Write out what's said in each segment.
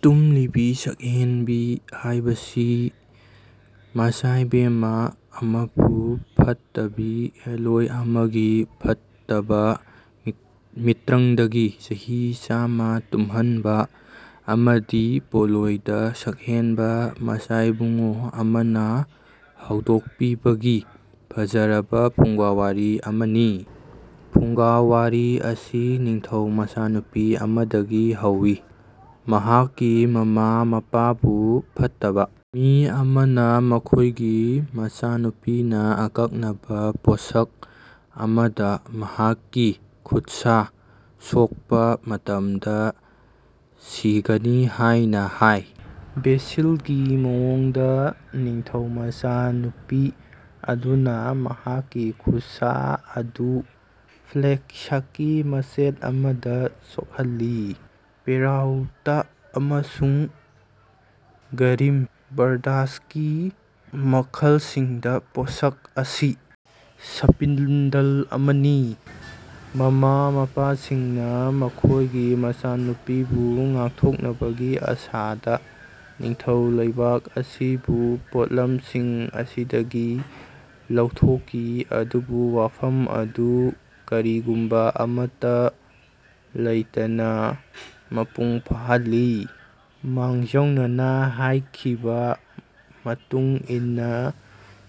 ꯇꯨꯝꯂꯤꯕꯤ ꯁꯛꯍꯦꯟꯕꯤ ꯍꯥꯏꯕꯁꯤ ꯃꯆꯥꯏꯕꯦꯝꯃ ꯑꯃꯕꯨ ꯐꯠꯇꯕꯤ ꯍꯦꯂꯣꯢ ꯑꯃꯒꯤ ꯐꯠꯇꯕ ꯃꯤꯠꯇ꯭ꯔꯪꯗꯒꯤ ꯆꯍꯤ ꯆꯥꯝꯃ ꯇꯨꯝꯍꯟꯕ ꯑꯃꯗꯤ ꯄꯣꯂꯣꯢꯗ ꯁꯛꯍꯦꯟꯕ ꯃꯆꯥꯏꯕꯨꯡꯉꯣ ꯑꯃꯅ ꯍꯧꯗꯣꯛꯄꯤꯕꯒꯤ ꯐꯖꯔꯕ ꯐꯨꯡꯒꯥꯋꯥꯔꯤ ꯑꯃꯅꯤ꯫ ꯐꯨꯡꯒꯥ ꯋꯥꯔꯤ ꯑꯁꯤ ꯅꯤꯡꯊꯧ ꯃꯆꯥꯅꯨꯄꯤ ꯑꯃꯗꯒꯤ ꯍꯧꯏ ꯃꯍꯥꯛꯀꯤ ꯃꯃꯥ ꯃꯄꯥꯕꯨ ꯐꯠꯇꯕ ꯃꯤ ꯑꯃꯅ ꯃꯈꯣꯏꯒꯤ ꯃꯆꯥꯅꯨꯄꯤꯅ ꯑꯀꯛꯅꯕ ꯄꯣꯠꯁꯛ ꯑꯃꯗ ꯃꯍꯥꯛꯀꯤ ꯈꯨꯠꯁꯥ ꯁꯣꯛꯄ ꯃꯇꯝꯗ ꯁꯤꯒꯅꯤ ꯍꯥꯏꯅ ꯍꯥꯏ꯫ ꯕꯦꯁꯤꯜꯒꯤ ꯃꯑꯣꯡꯗ ꯅꯤꯡꯊꯧ ꯃꯆꯥꯅꯨꯄꯤ ꯑꯗꯨꯅ ꯃꯍꯥꯛꯀꯤ ꯈꯨꯠꯁꯥ ꯑꯗꯨ ꯐ꯭ꯂꯦꯛꯁꯀꯤ ꯃꯆꯦꯠ ꯑꯃꯗ ꯁꯣꯛꯍꯜꯂꯤ꯫ ꯄꯦꯔꯥꯎꯜ꯭ꯇ ꯑꯃꯁꯨꯡ ꯒ꯭ꯔꯤꯝ ꯕ꯭ꯔꯗꯔꯁꯀꯤ ꯃꯈꯜꯁꯤꯡꯗ ꯄꯣꯠꯁꯛ ꯑꯁꯤ ꯁ꯭ꯄꯤꯟꯗꯜ ꯑꯃꯅꯤ꯫ ꯃꯃꯥ ꯃꯄꯥꯁꯤꯡꯅ ꯃꯈꯣꯏꯒꯤ ꯃꯆꯥꯅꯨꯄꯤꯕꯨ ꯉꯥꯛꯊꯣꯛꯅꯕꯒꯤ ꯑꯥꯁꯥꯗ ꯅꯤꯡꯊꯧ ꯂꯩꯕꯥꯛ ꯑꯁꯤꯕꯨ ꯄꯣꯠꯂꯝꯁꯤꯡ ꯑꯁꯤꯗꯒꯤ ꯂꯧꯊꯣꯛꯈꯤ ꯑꯗꯨꯕꯨ ꯋꯥꯐꯝ ꯑꯗꯨ ꯀꯔꯤꯒꯨꯝꯕ ꯑꯃꯠꯇ ꯂꯩꯇꯅ ꯃꯄꯨꯡ ꯐꯥꯍꯜꯂꯤ꯫ ꯃꯥꯡꯖꯧꯅꯅ ꯍꯥꯏꯈꯤꯕ ꯃꯇꯨꯡ ꯏꯟꯅ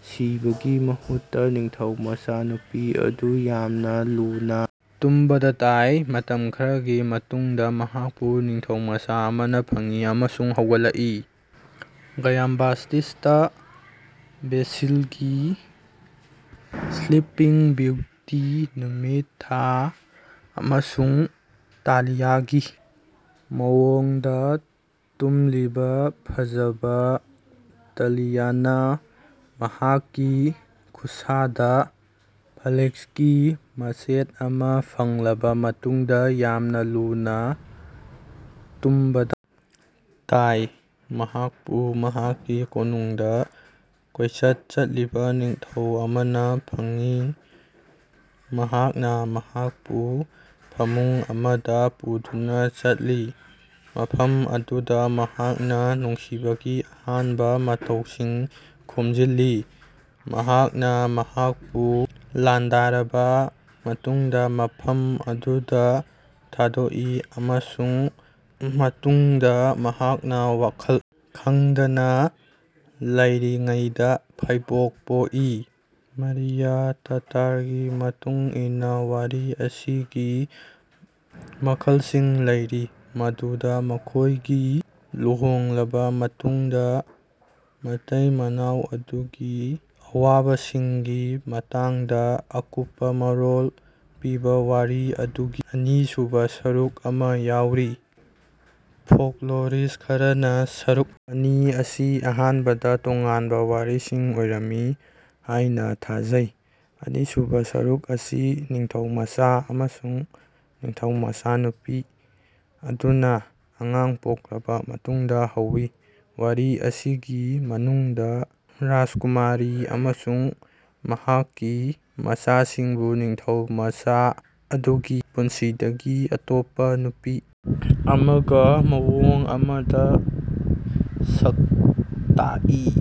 ꯁꯤꯕꯒꯤ ꯃꯍꯨꯠꯇ ꯅꯤꯡꯊꯧ ꯃꯆꯥꯅꯨꯄꯤ ꯑꯗꯨ ꯌꯥꯝꯅ ꯂꯨꯅ ꯇꯨꯝꯕꯗ ꯇꯥꯏ꯫ ꯃꯇꯝ ꯈꯔꯒꯤ ꯃꯇꯨꯡꯗ ꯃꯍꯥꯛꯄꯨ ꯅꯤꯡꯊꯧꯃꯆꯥ ꯑꯃꯅ ꯐꯪꯏ ꯑꯃꯁꯨꯡ ꯍꯧꯒꯠꯂꯛꯏ꯫ ꯒ꯭ꯌꯥꯝꯕꯥꯇꯤꯁꯇꯥ ꯕꯦꯁꯤꯜꯒꯤ ꯁ꯭ꯂꯤꯄꯤꯡ ꯕꯤꯌꯨꯇꯤ ꯅꯨꯃꯤꯠ ꯊꯥ ꯑꯃꯁꯨꯡ ꯇꯥꯂꯤꯌꯥꯒꯤ ꯃꯑꯣꯡꯗ ꯇꯨꯝꯂꯤꯕ ꯐꯖꯕ ꯇꯥꯂꯤꯌꯥꯅ ꯃꯍꯥꯛꯀꯤ ꯈꯨꯠꯁꯥꯗ ꯐ꯭ꯂꯦꯛꯁꯀꯤ ꯃꯆꯦꯠ ꯑꯃ ꯐꯪꯂꯕ ꯃꯇꯨꯡꯗ ꯌꯥꯝꯅ ꯂꯨꯅ ꯇꯨꯝꯕꯗ ꯇꯥꯏ꯫ ꯃꯍꯥꯛꯄꯨ ꯃꯍꯥꯛꯀꯤ ꯀꯣꯅꯨꯡꯗ ꯀꯣꯏꯆꯠ ꯆꯠꯂꯤꯕ ꯅꯤꯡꯊꯧ ꯑꯃꯅ ꯐꯪꯉꯤ ꯃꯍꯥꯛꯅ ꯃꯍꯥꯛꯄꯨ ꯐꯃꯨꯡ ꯑꯃꯗ ꯄꯨꯗꯨꯅ ꯆꯠꯂꯤ ꯃꯐꯝ ꯑꯗꯨꯗ ꯃꯍꯥꯛꯅ ꯅꯨꯡꯁꯤꯕꯒꯤ ꯑꯍꯥꯟꯕ ꯃꯍꯩꯁꯤꯡ ꯈꯣꯝꯖꯤꯜꯂꯤ꯫ ꯃꯍꯥꯛꯅ ꯃꯍꯥꯛꯄꯨ ꯂꯥꯟꯗꯥꯔꯕ ꯃꯇꯨꯡꯗ ꯃꯐꯝ ꯑꯗꯨꯗ ꯊꯥꯗꯣꯛꯏ ꯑꯃꯁꯨꯡ ꯃꯇꯨꯡꯗ ꯃꯍꯥꯛꯅ ꯋꯥꯈꯜ ꯈꯪꯗꯅ ꯂꯩꯔꯤꯉꯩꯗ ꯐꯥꯏꯕꯣꯛ ꯄꯣꯛꯏ꯫ ꯃꯥꯔꯤꯌꯥ ꯇꯥꯇꯔꯒꯤ ꯃꯇꯨꯡ ꯏꯟꯅ ꯋꯥꯔꯤ ꯑꯁꯤꯒꯤ ꯃꯈꯜꯁꯤꯡ ꯂꯩꯔꯤ ꯃꯗꯨꯗ ꯃꯈꯣꯏꯒꯤ ꯂꯨꯍꯣꯡꯂꯕ ꯃꯇꯨꯡꯗ ꯃꯇꯩ ꯃꯅꯥꯎ ꯑꯗꯨꯒꯤ ꯑꯋꯥꯕꯁꯤꯡꯒꯤ ꯃꯇꯥꯡꯗ ꯑꯀꯨꯞꯄ ꯃꯔꯣꯜ ꯄꯤꯕ ꯋꯥꯔꯤ ꯑꯗꯨꯒꯤ ꯑꯅꯤꯁꯨꯕ ꯁꯔꯨꯛ ꯑꯃ ꯌꯥꯎꯔꯤ ꯐꯣꯛꯂꯣꯔꯤꯁ꯭ꯠ ꯈꯔꯅ ꯁꯔꯨꯛ ꯑꯅꯤ ꯑꯁꯤ ꯑꯍꯥꯟꯕꯗ ꯇꯣꯉꯥꯟꯕ ꯋꯥꯔꯤꯁꯤꯡ ꯑꯣꯏꯔꯝꯃꯤ ꯍꯥꯏꯅ ꯊꯥꯖꯩ꯫ ꯑꯅꯤꯁꯨꯕ ꯁꯔꯨꯛ ꯑꯁꯤ ꯅꯤꯡꯊꯧꯃꯆꯥ ꯑꯃꯁꯨꯡ ꯅꯤꯡꯊꯧ ꯃꯆꯥꯅꯨꯄꯤ ꯑꯗꯨꯅ ꯑꯉꯥꯡ ꯄꯣꯛꯂꯕ ꯃꯇꯨꯡꯗ ꯍꯧꯏ꯫ ꯋꯥꯔꯤ ꯑꯁꯤꯒꯤ ꯃꯅꯨꯡꯗ ꯔꯥꯖꯀꯨꯃꯥꯔꯤ ꯑꯃꯁꯨꯡ ꯃꯍꯥꯛꯀꯤ ꯃꯆꯥꯁꯤꯡꯕꯨ ꯅꯤꯡꯊꯧ ꯃꯆꯥ ꯑꯗꯨꯒꯤ ꯄꯨꯟꯁꯤꯗꯒꯤ ꯑꯇꯣꯞꯄ ꯅꯨꯄꯤ ꯑꯃꯒ ꯃꯑꯣꯡ ꯑꯃꯗ ꯁꯛꯇꯥꯛꯏ꯫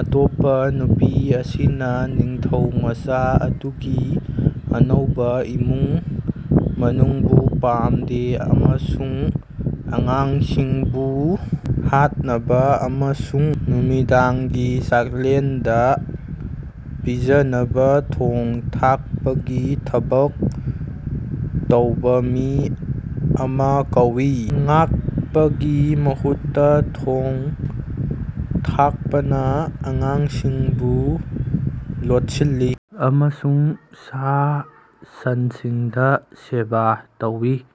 ꯑꯇꯣꯞꯄ ꯅꯨꯄꯤ ꯑꯁꯤꯅ ꯅꯤꯡꯊꯧꯃꯆꯥ ꯑꯗꯨꯒꯤ ꯑꯅꯧꯕ ꯏꯃꯨꯡ ꯃꯅꯨꯡꯕꯨ ꯄꯥꯝꯗꯦ ꯑꯃꯁꯨꯡ ꯑꯉꯥꯡꯁꯤꯡꯕꯨ ꯍꯥꯠꯅꯕ ꯑꯃꯁꯨꯡ ꯅꯨꯃꯤꯗꯥꯡꯒꯤ ꯆꯥꯛꯂꯦꯟꯗ ꯄꯤꯖꯅꯕ ꯊꯣꯡ ꯊꯥꯛꯄꯒꯤ ꯊꯕꯛ ꯇꯧꯕ ꯃꯤ ꯑꯃ ꯀꯧꯏ꯫ ꯉꯥꯛꯄꯒꯤ ꯃꯍꯨꯠꯇ ꯊꯣꯡ ꯊꯥꯛꯄꯅ ꯑꯉꯥꯡꯁꯤꯡꯕꯨ ꯂꯣꯠꯁꯤꯜꯂꯤ ꯑꯃꯁꯨꯡ ꯁꯥ ꯁꯟꯁꯤꯡꯗ ꯁꯦꯕꯥ ꯇꯧꯏ꯫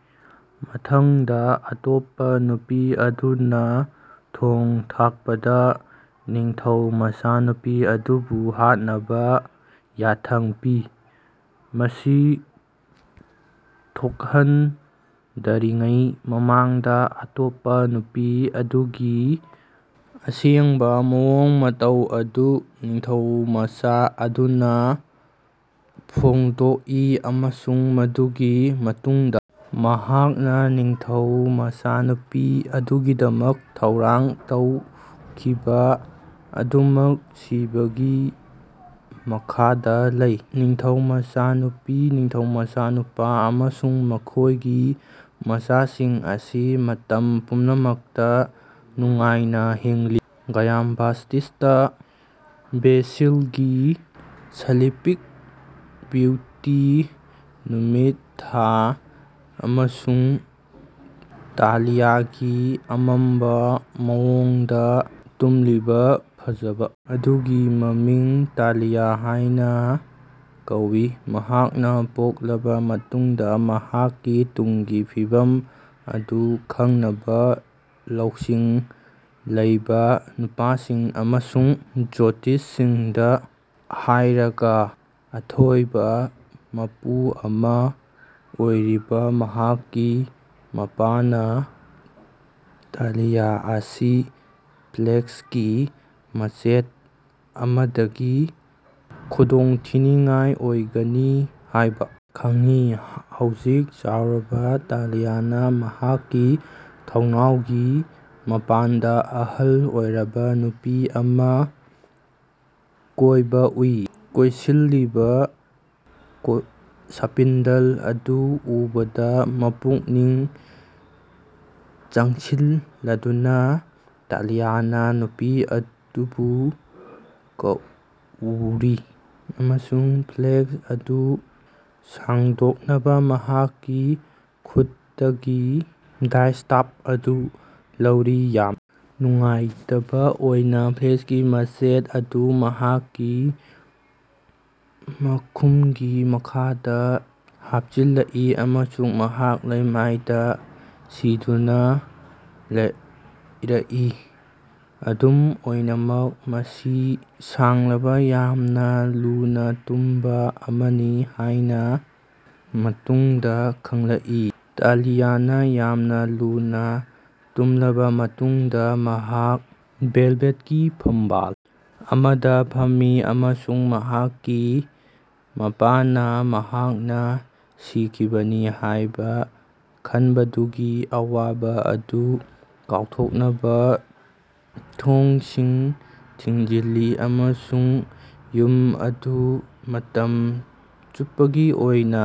ꯃꯊꯪꯗ ꯑꯇꯣꯞꯄ ꯅꯨꯄꯤ ꯑꯗꯨꯅ ꯊꯣꯡ ꯊꯥꯛꯄꯗ ꯅꯤꯡꯊꯧ ꯃꯆꯥꯅꯨꯄꯤ ꯑꯗꯨꯕꯨ ꯍꯥꯠꯅꯕ ꯌꯥꯊꯪ ꯄꯤ꯫ ꯃꯁꯤ ꯊꯣꯛꯍꯟꯗ꯭ꯔꯤꯉꯩ ꯃꯃꯥꯡꯗ ꯑꯇꯣꯞꯄ ꯅꯨꯄꯤ ꯑꯗꯨꯒꯤ ꯑꯁꯦꯡꯕ ꯃꯑꯣꯡ ꯃꯇꯧ ꯑꯗꯨ ꯅꯤꯡꯊꯧꯃꯆꯥ ꯑꯗꯨꯗ ꯐꯣꯡꯗꯣꯛꯏ ꯑꯃꯁꯨꯡ ꯃꯗꯨꯒꯤ ꯃꯇꯨꯡꯗ ꯃꯍꯥꯛꯅ ꯅꯤꯡꯊꯧ ꯃꯆꯥꯅꯨꯄꯤ ꯑꯗꯨꯒꯤꯗꯃꯛ ꯊꯧꯔꯥꯡ ꯇꯧꯈꯤꯕ ꯑꯗꯨꯃꯛ ꯁꯤꯕꯒꯤ ꯃꯈꯥꯗ ꯂꯩ꯫ ꯅꯤꯡꯊꯧ ꯃꯆꯥꯅꯨꯄꯤ ꯅꯤꯡꯊꯧꯃꯆꯥ ꯑꯃꯁꯨꯡ ꯃꯈꯣꯏꯒꯤ ꯃꯆꯥꯁꯤꯡ ꯑꯁꯤ ꯃꯇꯝ ꯄꯨꯝꯅꯃꯛꯇ ꯅꯨꯡꯉꯥꯏꯅ ꯍꯤꯡꯂꯤ꯫ ꯒ꯭ꯌꯥꯝꯕꯥꯇꯤꯁꯇꯥ ꯕꯦꯁꯤꯜꯒꯤ ꯁ꯭ꯂꯤꯄꯤꯡ ꯕꯤꯌꯨꯇꯤ ꯅꯨꯃꯤꯠ ꯊꯥ ꯑꯃꯁꯨꯡ ꯇꯥꯂꯤꯌꯥꯒꯤ ꯑꯃꯝꯕ ꯃꯑꯣꯡꯗ ꯇꯨꯝꯂꯤꯕ ꯐꯖꯕ ꯑꯗꯨꯒꯤ ꯃꯃꯤꯡ ꯇꯥꯂꯤꯌꯥ ꯍꯥꯏꯅ ꯀꯧꯏ꯫ ꯃꯍꯥꯛꯅ ꯄꯣꯛꯂꯕ ꯃꯇꯨꯡꯗ ꯃꯍꯥꯛꯀꯤ ꯇꯨꯡꯒꯤ ꯐꯤꯕꯝ ꯑꯗꯨ ꯈꯪꯅꯕ ꯂꯧꯁꯤꯡ ꯂꯩꯕ ꯅꯨꯄꯥꯁꯤꯡ ꯑꯃꯁꯨꯡ ꯖ꯭ꯌꯣꯇꯤꯁꯁꯤꯡꯗ ꯍꯥꯏꯔꯒ ꯑꯊꯣꯏꯕ ꯃꯄꯨ ꯑꯃꯥ ꯑꯣꯏꯔꯤꯕ ꯃꯍꯥꯛꯀꯤ ꯃꯄꯥꯅ ꯇꯥꯂꯤꯌꯥ ꯑꯁꯤ ꯐ꯭ꯂꯦꯛꯁꯀꯤ ꯃꯆꯦꯠ ꯑꯃꯗꯒꯤ ꯈꯨꯗꯣꯡꯊꯤꯅꯤꯡꯉꯥꯏ ꯑꯣꯏꯒꯅꯤ ꯍꯥꯏꯕ ꯈꯪꯉꯤ꯫ ꯍꯧꯖꯤꯛ ꯆꯥꯎꯈ꯭ꯔꯕ ꯇꯥꯂꯤꯌꯥꯅ ꯃꯍꯥꯛꯀꯤ ꯊꯣꯡꯅꯥꯎꯒꯤ ꯃꯄꯥꯟꯗ ꯑꯍꯜ ꯑꯣꯏꯔꯕ ꯅꯨꯄꯤ ꯑꯃ ꯀꯣꯏꯕ ꯎꯏ꯫ ꯀꯣꯏꯁꯤꯜꯂꯤꯕ ꯁ꯭ꯄꯤꯟꯗꯜ ꯑꯗꯨ ꯎꯕꯗ ꯄꯨꯛꯅꯤꯡ ꯆꯪꯁꯤꯜꯂꯗꯨꯅ ꯇꯥꯂꯤꯌꯥꯅ ꯅꯨꯄꯤ ꯑꯗꯨꯕꯨ ꯀꯧꯋꯤ ꯑꯃꯁꯨꯡ ꯐ꯭ꯂꯦꯛꯁ ꯑꯗꯨ ꯁꯥꯡꯗꯣꯛꯅꯕ ꯃꯍꯥꯛꯀꯤ ꯈꯨꯠꯇꯒꯤ ꯗꯥꯏꯁ꯭ꯇꯥꯐ ꯑꯗꯨ ꯂꯧꯋꯤ꯫ ꯌꯥꯝꯅ ꯅꯨꯡꯉꯥꯏꯇꯕ ꯑꯣꯏꯅ ꯐ꯭ꯂꯦꯛꯁꯀꯤ ꯃꯆꯦꯠ ꯑꯗꯨ ꯃꯍꯥꯛꯀꯤ ꯃꯈꯨꯝꯒꯤ ꯃꯈꯥꯗ ꯍꯥꯞꯆꯤꯜꯂꯛꯏ ꯑꯃꯁꯨꯡ ꯃꯍꯥꯛ ꯂꯩꯃꯥꯏꯗ ꯁꯤꯗꯨꯅ ꯂꯩꯔꯛꯏ ꯑꯗꯨꯝ ꯑꯣꯏꯅꯃꯛ ꯃꯁꯤ ꯁꯥꯡꯂꯕ ꯌꯥꯝꯅ ꯂꯨꯅ ꯇꯨꯝꯕ ꯑꯃꯅꯤ ꯍꯥꯏꯅ ꯃꯇꯨꯡꯗ ꯈꯪꯂꯛꯏ꯫ ꯇꯥꯂꯤꯌꯥꯅ ꯌꯥꯝꯅ ꯂꯨꯅ ꯇꯨꯝꯂꯕ ꯃꯇꯨꯡꯗ ꯃꯍꯥꯛ ꯚꯦꯜꯚꯦꯠꯀꯤ ꯐꯝꯕꯥꯜ ꯑꯃꯗ ꯐꯝꯃꯤ ꯑꯃꯁꯨꯡ ꯃꯍꯥꯛꯀꯤ ꯃꯄꯥꯅ ꯃꯍꯥꯛꯅ ꯁꯤꯈꯤꯕꯅꯤ ꯍꯥꯏꯅ ꯈꯟꯕꯗꯨꯒꯤ ꯑꯋꯥꯕ ꯑꯗꯨ ꯀꯥꯎꯊꯣꯛꯅꯕ ꯊꯣꯡꯁꯤꯡ ꯊꯤꯡꯖꯤꯜꯂꯤ ꯑꯃꯁꯨꯡ ꯌꯨꯝ ꯑꯗꯨ ꯃꯇꯝ ꯆꯨꯞꯄꯒꯤ ꯑꯣꯏꯅ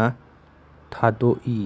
ꯊꯥꯗꯣꯛꯏ꯫